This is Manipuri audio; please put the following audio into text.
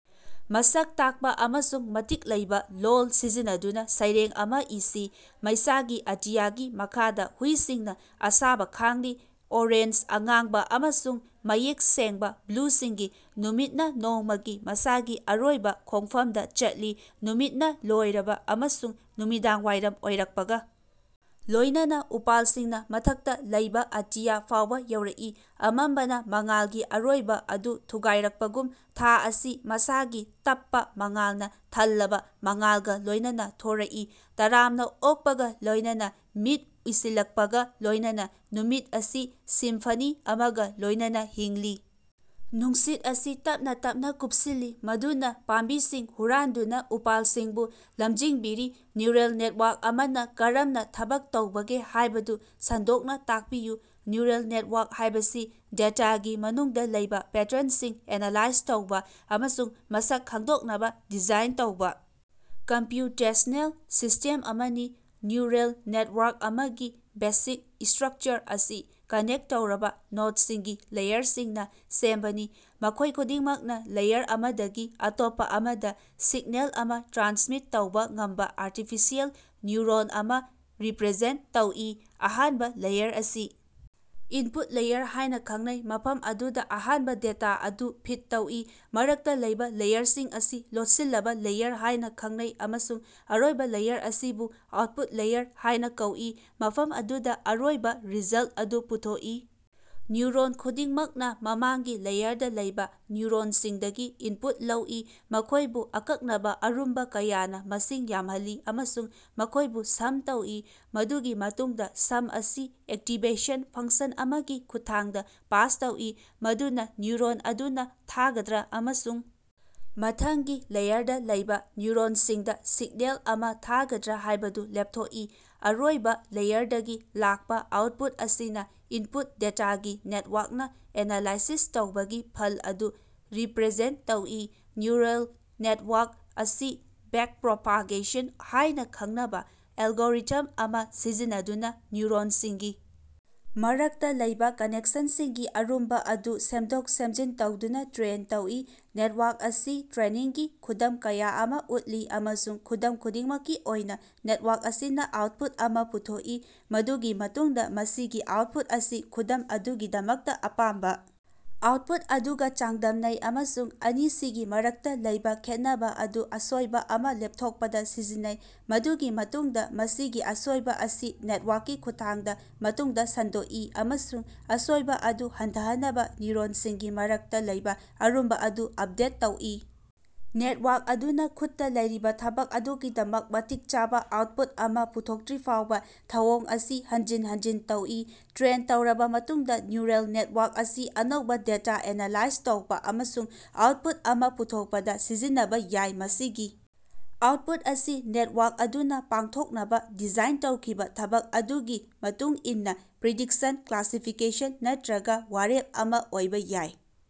ꯃꯁꯛ ꯇꯥꯛꯄꯥ ꯑꯃꯁꯨꯡ ꯃꯇꯤꯛ ꯂꯩꯕꯥ ꯂꯣꯜ ꯁꯤꯖꯤꯟꯅꯗꯨꯅꯥ ꯁꯩꯔꯦꯡ ꯑꯃꯥ ꯏꯁꯤ꯫ ꯃꯩꯁꯥꯒꯤ ꯑꯇꯤꯌꯥꯒꯤ ꯃꯈꯥꯗꯥ ꯍꯨꯏꯁꯤꯡꯅꯥ ꯑꯁꯥꯕ ꯈꯥꯡꯂꯤ꯫ ꯑꯣꯔꯦꯟꯖ, ꯑꯉꯥꯡꯕ ꯑꯃꯁꯨꯡ ꯃꯌꯦꯛ ꯁꯦꯡꯕꯥ ꯕ꯭ꯂꯨꯁꯤꯡꯒꯤ, ꯅꯨꯃꯤꯠꯅꯥ ꯅꯣꯡꯃꯒꯤ ꯃꯁꯥꯒꯤ ꯑꯔꯣꯏꯕꯥ ꯈꯣꯡꯐꯝꯗ ꯆꯠꯂꯤ꯫ ꯅꯨꯃꯤꯠꯅ ꯂꯣꯏꯔꯕꯥ ꯑꯃꯁꯨꯡ ꯅꯨꯃꯤꯗꯥꯡꯋꯥꯏꯔꯝ ꯑꯣꯏꯔꯛꯄꯒ ꯂꯣꯏꯅꯅꯥ, ꯎꯄꯥꯜꯁꯤꯡꯅꯥ ꯃꯊꯛꯇꯥ ꯂꯩꯕꯥ ꯑꯇꯤꯌꯥ ꯐꯥꯎꯕꯥ ꯌꯧꯔꯛꯏ, ꯑꯃꯝꯕꯅꯥ ꯃꯉꯥꯜꯒꯤ ꯑꯔꯣꯏꯕꯥ ꯑꯗꯨ ꯊꯨꯒꯥꯏꯔꯛꯄꯒꯨꯝ, ꯊꯥ ꯑꯁꯤ ꯃꯁꯥꯒꯤ ꯇꯞꯄꯥ ꯃꯉꯥꯜꯅꯥ ꯊꯜꯂꯕꯥ ꯃꯉꯥꯜꯒꯥ ꯂꯣꯏꯅꯅꯥ ꯊꯣꯔꯛꯏ, ꯇꯔꯥꯝꯅꯥ ꯑꯣꯛꯄꯒꯥ ꯂꯣꯏꯅꯅꯥ ꯃꯤꯠ ꯎꯏꯁꯤꯜꯂꯛꯄꯒꯥ ꯂꯣꯏꯅꯅꯥ, ꯅꯨꯃꯤꯠ ꯑꯁꯤ ꯁꯤꯝꯐꯅꯤ ꯑꯃꯒꯥ ꯂꯣꯏꯅꯅꯥ ꯍꯤꯡꯂꯤ꯫ ꯅꯨꯡꯁꯤꯠ ꯑꯁꯤ ꯇꯞꯅꯥ ꯇꯞꯅꯥ ꯀꯨꯞꯁꯤꯜꯂꯤ, ꯃꯗꯨꯅꯥ ꯄꯥꯝꯕꯤꯁꯤꯡ ꯍꯨꯔꯥꯟꯗꯨꯅꯥ ꯎꯄꯥꯜꯁꯤꯡꯕꯨ ꯂꯝꯖꯤꯡꯕꯤꯔꯤ꯫ ꯅ꯭ꯌꯨꯔꯦꯜ ꯅꯦꯠꯋꯥꯛ ꯑꯃꯅꯥ ꯀꯔꯝꯅꯥ ꯊꯕꯛ ꯇꯧꯕꯒꯦ ꯍꯥꯏꯕꯗꯨ ꯁꯟꯗꯣꯛꯅꯥ ꯇꯥꯛꯄꯤꯌꯨ꯫ ꯅ꯭ꯌꯨꯔꯦꯜ ꯅꯦꯠꯋꯥꯛ ꯍꯥꯏꯕꯁꯤ ꯗꯦꯇꯥꯒꯤ ꯃꯅꯨꯡꯗꯥ ꯂꯩꯕꯥ ꯄꯦꯇ꯭ꯔꯟꯁꯤꯡ ꯑꯦꯅꯥꯂꯥꯏꯖ ꯇꯧꯕꯥ ꯑꯃꯁꯨꯡ ꯃꯁꯛ ꯈꯪꯗꯣꯛꯅꯕꯥ ꯗꯤꯖꯥꯏꯟ ꯇꯧꯕꯥ ꯀꯝꯄ꯭ꯌꯨꯇꯦꯁꯅꯦꯜ ꯁꯤꯁꯇꯦꯝ ꯑꯃꯅꯤ꯫ ꯅ꯭ꯌꯨꯔꯦꯜ ꯅꯦꯠꯋꯥꯔꯛ ꯑꯃꯒꯤ ꯕꯦꯁꯤꯛ ꯏꯁꯇ꯭ꯔꯛꯆꯔ ꯑꯁꯤ ꯀꯅꯦꯛ ꯇꯧꯔꯕꯥ ꯅꯣꯠꯁꯤꯡꯒꯤ ꯂꯦꯌꯔꯁꯤꯡꯅꯥ ꯁꯦꯝꯕꯅꯤ, ꯃꯈꯣꯏ ꯈꯨꯗꯤꯡꯃꯛꯅꯥ ꯂꯦꯌꯔ ꯑꯃꯗꯒꯤ ꯑꯇꯣꯞꯄꯥ ꯑꯃꯗꯥ ꯁꯤꯛꯅꯦꯜ ꯑꯃꯥ ꯇ꯭ꯔꯥꯟꯁꯃꯤꯠ ꯇꯧꯕꯥ ꯉꯝꯕꯥ ꯑꯥꯔꯇꯤꯐꯤꯁꯤꯑꯦꯜ ꯅ꯭ꯌꯨꯔꯣꯟ ꯑꯃꯥ ꯔꯤꯄ꯭ꯔꯖꯦꯟꯇ ꯇꯧꯏ꯫ ꯑꯍꯥꯟꯕꯥ ꯂꯦꯌꯔ ꯑꯁꯤ ꯏꯟꯄꯨꯠ ꯂꯦꯌꯔ ꯍꯥꯏꯅꯥ ꯈꯪꯅꯩ, ꯃꯐꯝ ꯑꯗꯨꯗꯥ ꯑꯍꯥꯟꯕꯥ ꯗꯦꯇꯥ ꯑꯗꯨ ꯐꯤꯠ ꯇꯧꯏ, ꯃꯔꯛꯇꯥ ꯂꯩꯕꯥ ꯂꯦꯌꯔꯁꯤꯡ ꯑꯁꯤ ꯂꯣꯠꯁꯤꯜꯂꯕꯥ ꯂꯦꯌꯔ ꯍꯥꯏꯅꯥ ꯈꯪꯅꯩ ꯑꯃꯁꯨꯡ ꯑꯔꯣꯏꯕꯥ ꯂꯦꯌꯔ ꯑꯁꯤꯕꯨ ꯑꯥꯎꯠꯄꯨꯠ ꯂꯦꯌꯔ ꯍꯥꯏꯅꯥ ꯀꯧꯏ, ꯃꯐꯝ ꯑꯗꯨꯗꯥ ꯑꯔꯣꯏꯕꯥ ꯔꯤꯖꯜꯇ ꯑꯗꯨ ꯄꯨꯊꯣꯛꯏ꯫ ꯅ꯭ꯌꯨꯔꯣꯟ ꯈꯨꯗꯤꯡꯃꯛꯅꯥ ꯃꯃꯥꯡꯒꯤ ꯂꯦꯌꯔꯗꯥ ꯂꯩꯕꯥ ꯅ꯭ꯌꯨꯔꯣꯟꯁꯤꯡꯗꯒꯤ ꯏꯟꯄꯨꯠ ꯂꯧꯏ, ꯃꯈꯣꯏꯕꯨ ꯑꯀꯛꯅꯕꯥ ꯑꯔꯨꯝꯕꯥ ꯀꯌꯥꯅꯥ ꯃꯁꯤꯡ ꯌꯥꯝꯍꯜꯂꯤ ꯑꯃꯁꯨꯡ ꯃꯈꯣꯏꯕꯨ ꯁꯝ ꯇꯧꯏ꯫ ꯃꯗꯨꯒꯤ ꯃꯇꯨꯡꯗꯥ ꯁꯝ ꯑꯁꯤ ꯑꯦꯛꯇꯤꯚꯦꯁꯟ ꯐꯪꯁꯟ ꯑꯃꯒꯤ ꯈꯨꯠꯊꯥꯡꯗꯥ ꯄꯥꯁ ꯇꯧꯏ, ꯃꯗꯨꯅꯥ ꯅ꯭ꯌꯨꯔꯣꯟ ꯑꯗꯨꯅꯥ ꯊꯥꯒꯗ꯭ꯔꯥ ꯑꯃꯁꯨꯡ ꯃꯊꯪꯒꯤ ꯂꯦꯌꯔꯗꯥ ꯂꯩꯕꯥ ꯅ꯭ꯌꯨꯔꯣꯟꯁꯤꯡꯗꯥ ꯁꯤꯛꯅꯦꯜ ꯑꯃꯥ ꯊꯥꯒꯗ꯭ꯔꯥ ꯍꯥꯏꯕꯗꯨ ꯂꯦꯞꯊꯣꯛꯏ꯫ ꯑꯔꯣꯏꯕꯥ ꯂꯦꯌꯔꯗꯒꯤ ꯂꯥꯛꯄꯥ ꯑꯥꯎꯠꯄꯨꯠ ꯑꯁꯤꯅꯥ ꯏꯟꯄꯨꯠ ꯗꯦꯇꯥꯒꯤ ꯅꯦꯠꯋꯥꯛꯅꯥ ꯑꯦꯅꯥꯂꯥꯏꯁꯤꯁ ꯇꯧꯕꯒꯤ ꯐꯜ ꯑꯗꯨ ꯔꯤꯄ꯭ꯔꯖꯦꯟꯇ ꯇꯧꯏ꯫ ꯅ꯭ꯌꯨꯔꯜ ꯅꯦꯠꯋꯥꯛ ꯑꯁꯤ ꯕꯦꯛꯄ꯭ꯔꯣꯄꯥꯒꯦꯁꯟ ꯍꯥꯏꯅꯥ ꯈꯪꯅꯕꯥ ꯑꯦꯜꯒꯣꯔꯤꯊꯝ ꯑꯃꯥ ꯁꯤꯖꯤꯟꯅꯗꯨꯅꯥ ꯅ꯭ꯌꯨꯔꯣꯟꯁꯤꯡꯒꯤ ꯃꯔꯛꯇꯥ ꯂꯩꯕꯥ ꯀꯅꯦꯛꯁꯟꯁꯤꯡꯒꯤ ꯑꯔꯨꯝꯕꯥ ꯑꯗꯨ ꯁꯦꯝꯗꯣꯛ-ꯁꯦꯝꯖꯤꯟ ꯇꯧꯗꯨꯅꯥ ꯇ꯭ꯔꯦꯟ ꯇꯧꯏ꯫ ꯅꯦꯠꯋꯥꯛ ꯑꯁꯤ ꯇ꯭ꯔꯦꯅꯤꯡꯒꯤ ꯈꯨꯗꯝ ꯀꯌꯥ ꯑꯃꯥ ꯎꯠꯂꯤ ꯑꯃꯁꯨꯡ ꯈꯨꯗꯝ ꯈꯨꯗꯤꯡꯃꯛꯀꯤ ꯑꯣꯏꯅꯥ ꯅꯦꯠꯋꯥꯛ ꯑꯁꯤꯅꯥ ꯑꯥꯎꯠꯄꯨꯠ ꯑꯃꯥ ꯄꯨꯊꯣꯛꯏ꯫ ꯃꯗꯨꯒꯤ ꯃꯇꯨꯡꯗꯥ ꯃꯁꯤꯒꯤ ꯑꯥꯎꯠꯄꯨꯠ ꯑꯁꯤ ꯈꯨꯗꯝ ꯑꯗꯨꯒꯤꯗꯃꯛꯇꯥ ꯑꯄꯥꯝꯕꯥ ꯑꯥꯎꯠꯄꯨꯠ ꯑꯗꯨꯒꯥ ꯆꯥꯡꯗꯝꯅꯩ ꯑꯃꯁꯨꯡ ꯑꯅꯤꯁꯤꯒꯤ ꯃꯔꯛꯇꯥ ꯂꯩꯕꯥ ꯈꯦꯠꯅꯕꯥ ꯑꯗꯨ ꯑꯁꯣꯏꯕꯥ ꯑꯃꯥ ꯂꯦꯞꯊꯣꯛꯄꯗꯥ ꯁꯤꯖꯤꯟꯅꯩ꯫ ꯃꯗꯨꯒꯤ ꯃꯇꯨꯡꯗꯥ ꯃꯁꯤꯒꯤ ꯑꯁꯣꯏꯕꯥ ꯑꯁꯤ ꯅꯦꯠꯋꯥꯛꯀꯤ ꯈꯨꯠꯊꯥꯡꯗꯥ ꯃꯇꯨꯡꯗꯥ ꯁꯟꯗꯣꯛꯏ ꯑꯃꯁꯨꯡ ꯑꯁꯣꯏꯕꯥ ꯑꯗꯨ ꯍꯟꯊꯍꯟꯅꯕꯥ ꯅ꯭ꯌꯨꯔꯣꯟꯁꯤꯡꯒꯤ ꯃꯔꯛꯇꯥ ꯂꯩꯕꯥ ꯑꯔꯨꯝꯕꯥ ꯑꯗꯨ ꯑꯞꯗꯦꯠ ꯇꯧꯏ꯫ ꯅꯦꯠꯋꯥꯛ ꯑꯗꯨꯅꯥ ꯈꯨꯠꯇꯥ ꯂꯩꯔꯤꯕꯥ ꯊꯕꯛ ꯑꯗꯨꯒꯤꯗꯃꯛ ꯃꯇꯤꯛ ꯆꯥꯕꯥ ꯑꯥꯎꯠꯄꯨꯠ ꯑꯃꯥ ꯄꯨꯊꯣꯛꯇ꯭ꯔꯤꯐꯥꯎꯕꯥ ꯊꯧꯑꯣꯡ ꯑꯁꯤ ꯍꯟꯖꯤꯟ ꯍꯟꯖꯤꯟ ꯇꯧꯏ꯫ ꯇ꯭ꯔꯦꯟ ꯇꯧꯔꯕꯥ ꯃꯇꯨꯡꯗꯥ ꯅ꯭ꯌꯨꯔꯦꯜ ꯅꯦꯠꯋꯥꯛ ꯑꯁꯤ ꯑꯅꯧꯕꯥ ꯗꯦꯇꯥ ꯑꯦꯅꯥꯂꯥꯏꯖ ꯇꯧꯕꯥ ꯑꯃꯁꯨꯡ ꯑꯥꯎꯠꯄꯨꯠ ꯑꯃꯥ ꯄꯨꯊꯣꯛꯄꯗꯥ ꯁꯤꯖꯤꯟꯅꯕꯥ ꯌꯥꯏ꯫ ꯃꯁꯤꯒꯤ ꯑꯥꯎꯠꯄꯨꯠ ꯑꯁꯤ ꯅꯦꯠꯋꯥꯛ ꯑꯗꯨꯅꯥ ꯄꯥꯡꯊꯣꯛꯅꯕꯥ ꯗꯤꯖꯥꯏꯟ ꯇꯧꯈꯤꯕꯥ ꯊꯕꯛ ꯑꯗꯨꯒꯤ ꯃꯇꯨꯡ ꯏꯟꯅꯥ ꯄ꯭ꯔꯤꯗꯤꯛꯁꯟ, ꯀ꯭ꯂꯥꯁꯤꯐꯤꯀꯦꯁꯟ ꯅꯠꯇ꯭ꯔꯒꯥ ꯋꯥꯔꯦꯞ ꯑꯃꯥ ꯑꯣꯏꯕꯥ ꯌꯥꯏ꯫